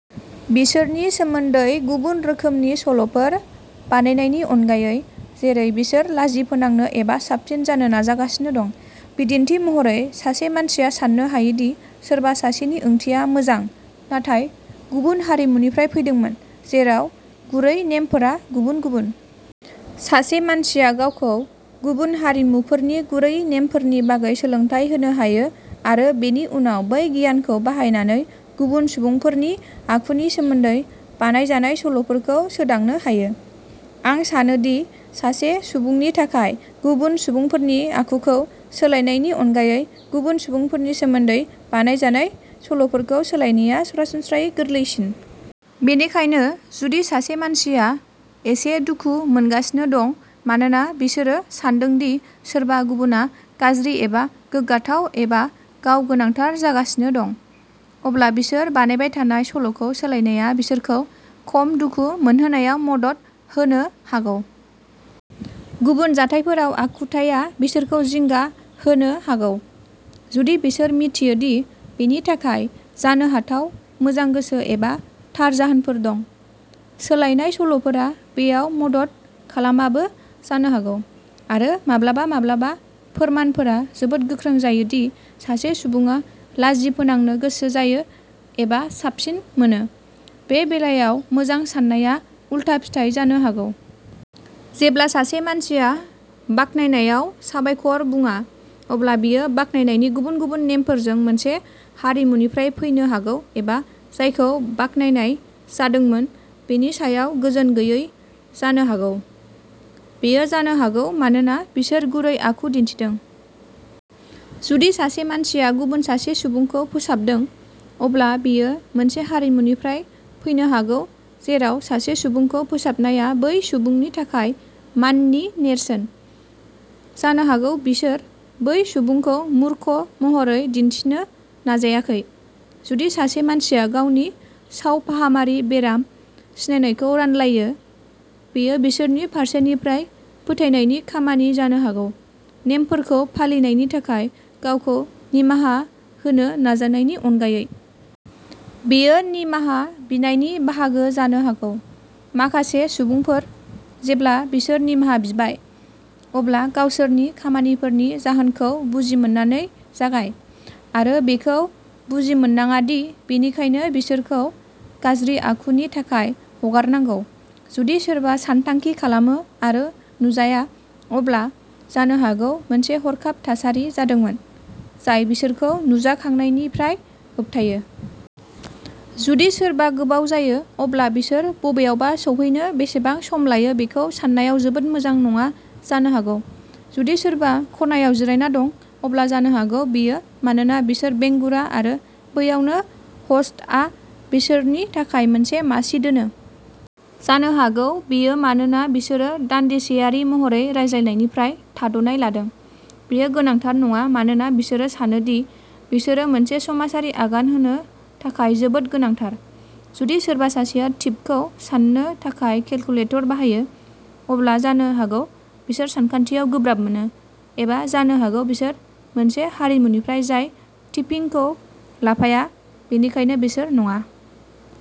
बिसोरनि सोमोन्दै गुबुन रोखोमनि सल'फोर बानायनायनि अनगायै, जेरै बिसोर लाजि फोनांनो एबा साबसिन जानो नाजागासिनो दं। बिदिन्थि महरै, सासे मानसिया साननो हायो दि सोरबा सासेनि ओंथिया मोजां नाथाय गुबुन हारिमुनिफ्राय फैदोंमोन जेराव गुरै नेमफोरा गुबुन गुबुन। सासे मानसिया गावखौ गुबुन हारिमुफोरनि गुरै नेमफोरनि बागै सोलोंथाय होनो हायो आरो बेनि उनाव बै गियानखौ बाहायनानै गुबुन सुबुंफोरनि आखुनि सोमोन्दै बानायजानाय सल'फोरखौ सोदांनो हायो। आं सानो दि सासे सुबुंनि थाखाय गुबुन सुबुंफोरनि आखुखौ सोलायनायनि अनगायै गुबुन सुबुंफोरनि सोमोन्दै बानायजानाय सल'फोरखौ सोलायनाया सरासनस्रायै गोरलैसिन। बेनिखायनो जुदि सासे मानसिया एसे दुखु मोनगासिनो दं मानोना बिसोरो सान्दों दि सोरबा गुबुनआ गाज्रि एबा गोग्गाथाव एबा गाव गोनांथार जागासिनो दं, अब्ला बिसोर बानायबाय थानाय सल'खौ सोलायनाया बिसोरखौ खम दुखु मोनहोनायाव मदद होनो हागौ। गुबुन जाथायफोराव, आखुथाया बिसोरखौ जिंगा होनो हागौ, जुदि बिसोर मिथियो दि बेनि थाखाय जानो हाथाव मोजां गोसो एबा थार जाहोनफोर दं। सोलायनाय सल'फोरा बेयाव मदद खालामाबो जानो हागौ। आरो माब्लाबा माब्लाबा फोरमानफोरा जोबोद गोख्रों जायो दि सासे सुबुङा लाजि फोनांनो गोसो जायो एबा साबसिन मोनो, बे बेलायाव मोजां सान्नाया उलथा फिथाय जानो हागौ। जेब्ला सासे मानसिया बाख्नायनायाव "साबायखर" बुङा, अब्ला बियो बाख्नायनायनि गुबुन गुबुन नेमफोरजों मोनसे हारिमुनिफ्राय फैनो हागौ एबा जायखौ बाख्नायनाय जादोंमोन बेनि सायाव गोजोन गैयै जानो हागौ। बेयो जानो हागौ मानोना बिसोर गुरै आखु दिन्थिदों। जुदि सासे मानसिया गुबुन सासे सुबुंखौ फोसाबदों, अब्ला बियो मोनसे हारिमुनिफ्राय फैनो हागौ जेराव सासे सुबुंखौ फोसाबनाया बै सुबुंनि थाखाय माननि नेरसोन। जानो हागौ बिसोर बै सुबुंखौ मूर्ख महरै दिन्थिनो नाजायाखै। जुदि सासे मानसिया गावनि सावफाहामारि बेराम सिनायनायखौ रानलायो, बेयो बिसोरनि फारसेनिफ्राय फोथायनायनि खामानि जानो हागौ, नेमफोरखौ फालिनायनि थाखाय गावखौ निमाहा होनो नाजानायनि अनगायै। बेयो निमाहा बिनायनि बाहागो जानो हागौ। माखासे सुबुंफोर, जेब्ला बिसोर निमाहा बिबाय, अब्ला गावसोरनि खामानिफोरनि जाहोनखौ बुजिमोननानै जागाय, आरो बेखौ बुजिमोननाङा दि बेनिखायनो बिसोरखौ गाज्रि आखुनि थाखाय हगारनांगौ। जुदि सोरबा सानथांखि खालामो आरो नुजाया, अब्ला जानो हागौ मोनसे हरखाब थासारि जादोंमोन जाय बिसोरखौ नुजाखांनायनिफ्राय होबथायो। जुदि सोरबा गोबाव जायो, अब्ला बिसोर बबेयावबा सौहैनो बेसेबां सम लायो बेखौ सान्नायाव जोबोद मोजां नङा जानो हागौ। जुदि सोरबा खनायाव जिरायना दं, अब्ला जानो हागौ बेयो मानोना बिसोर बेंगुरा आरो बैयावनो ह'स्टआ बिसोरनि थाखाय मोनसे मासि दोनो। जानो हागौ बेयो मानोना बिसोरो दानदिसेयारि महरै रायज्लायनायनिफ्राय थाद'नाय लादों। बेयो गोनांथार नङा मानोना बिसोरो सानो दि बिसोरो मोनसे समाजारि आगान होनो थाखाय जोबोद गोनांथार। जुदि सोरबा सासेया टिपखौ साननो थाखाय केलकुलेटर बाहायो, अब्ला जानो हागौ बिसोर सानखान्थियाव गोब्राब मोनो, एबा जानो हागौ बिसोर मोनसे हारिमुनिफ्राय जाय टिपिंखौ लाफाया, बेनिखायनो बिसोर नङा।